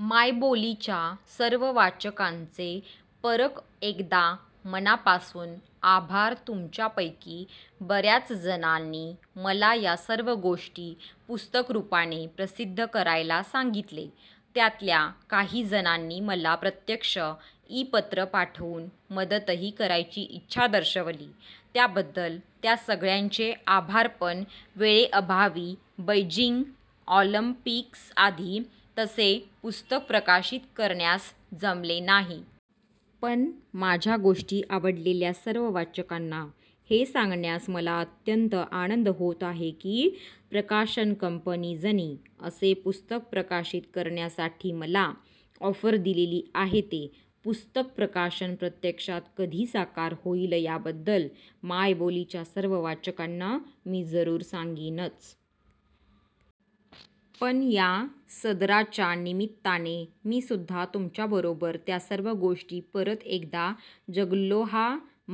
मायबोलीच्या सर्व वाचकांचे परक एकदा मनापासुन आभारतुमच्यापै़की बर्याच जणानी मला या सर्व गोष्टी पुस्तकरुपाने प्रसिद्ध करायला सांगीतले.. त्यातल्या काही जणांनी मला प्रत्यक्ष इ पत्र पाठवुन मदतही करायची इच्छा दर्शवली.. त्याबद्दल त्या सगळ्यांचे आभारपण वेळेअभावी बैजिंग ऑलिंपिक्सआधी तसे पुस्तक प्रकाशीत करण्यास जमले नाही.. पण माझ्या गोष्टी आवडलेल्या सर्व वाचकांना हे सांगण्यास मला अत्यंत आनंद होत आहे की प्रकाशन कंपनिजनी.. असे पुस्तक प्रकाशित करण्यासाठीमला ऑफर दिलेली आहेते पुस्तक प्रकाशन प्रत्यक्षात कधी साकार होइलयाबद्दल मायबोलिच्या सर्व वाचकांना मी जरुर सांगीनच. पण या सदराच्या निमित्ताने मीसुद्धा तुमच्या बरोबर त्या सर्व गोष्टी परत एकदा जगलोहा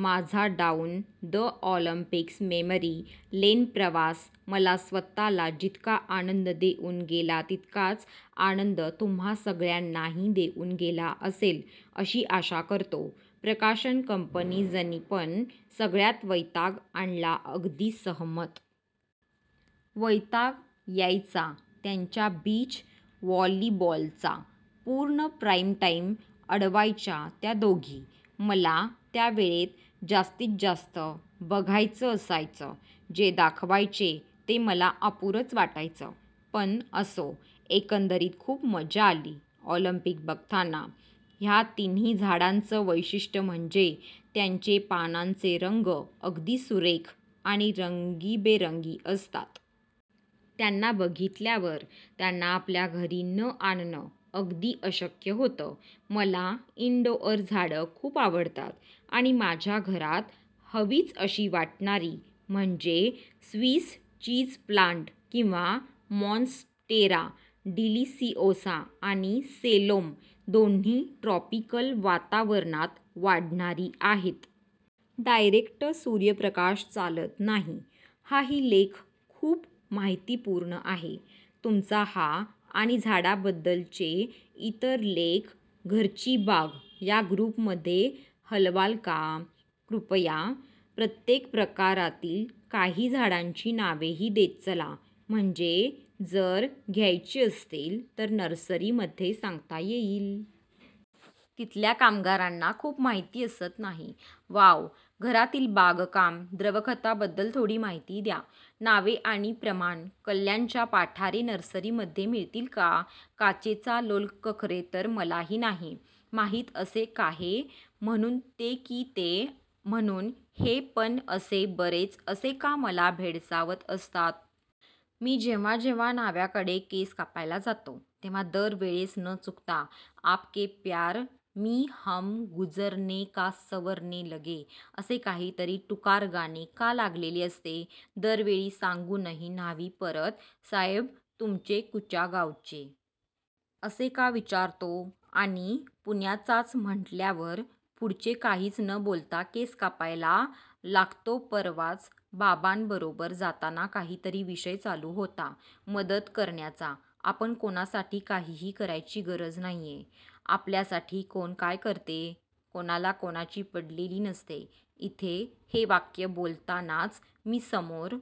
माझाडाउन द ऑलिंपिक्स मेमरी लेनप्रवास मला स्वतःला जितका आनंद देउन गेलातितकाच आनंद तुम्हा सगळ्यांनाही देउन गेला असेल अशी आशा करतो प्रकाशन कंपनिजनीपण सगळ्यात वैताग आणलाअगदी सहमत. वैताग यायचा त्यांच्या बीच वॉलीबॉलचा. पूर्ण प्राईमटाईम अडवायच्या त्या दोघी. मला त्यावेळेत जास्तीतजास्त ' /'बघायचं असायचं. जे दाखवायचे ते मला अपुरंच वाटायचं. पण असो, एकंदरीत खूप मजा आली ऑलिंपिक बघताना. ह्या तिन्ही झाडांच वैशिष्ट्य म्हणजे त्यांचे पानांचे रंग अगदी सुरेख आणि रंगीबेरंगी असतात. त्यांना बघितल्यावर त्यांना आपल्या घरी न आणण अगदी अशक्य होतं. मला इनडोअर झाडं खूप आवडतात. आणि माझ्या घरात हवीच अशी वाटणारी म्हणजे 'स्विस चीज प्लांट किंवा माँन्स्टेरा डिलीसिओसा' आणि 'सेलोम'. दोन्ही ट्रॉपिकल वातावरणात वाढणारी आहेत. डायरेक्ट सूर्यप्रकाश चालत नाही. हाही लेख खूप माहितीपूर्ण आहे. तुमचा हा आणि झाडांबद्दलचे इतर लेख "घरची बाग" या ग्रुपमध्ये हलवाल का? ृपया प्रत्येक प्रकारातील काही झाडांची नावेही देत चला, म्हणजे जर घ्यायची असतील तर नर्सरीमध्ये सांगता येईल. तिथल्या कामगारांना खूप माहिती असत नाही. वाव्ह. घरातील बागकाम. द्रवखतां बद्दल थोडी माहिती द्या. नावे आणि प्रमाण. कल्याणच्या पाठारे नर्सरी मध्ये मिळतील का? काचेचा लोलकखरेतर मलाही नाही माहीत असे काहे म्हणून ते की ते म्हणून हेपणअसे बरेच "असे का" मला भेडसावत असतात.. मी जेव्हा जेव्हा न्हाव्याकडे केस कापायला जातो तेव्हा दर वेळेस न चुकता 'आपके प्यार मी हम गुजरने का सवरने लगे " असे काहीतरी टुकार गाणे का लागलेले असते? दरवेळी सांगूनही न्हावी परत "साह्येब तुमचे कुच्या गावचे? " असे का विचारतो.. आणि पुण्याचाच म्हटल्यावर पुढचे काहीच न बोलता केस कापायला लागतोपरवाच बाबांबरोबर जाताना काहीतरी विषय चालू होता मदत करण्याचा"आपण कोणासाठी काहीही करायची गरज नाहीये.. आपल्यासाठी कोण काय करते??? कोणाला कोणाची पडलेली नसते इथे" हे वाक्य बोलतानाच मी समोर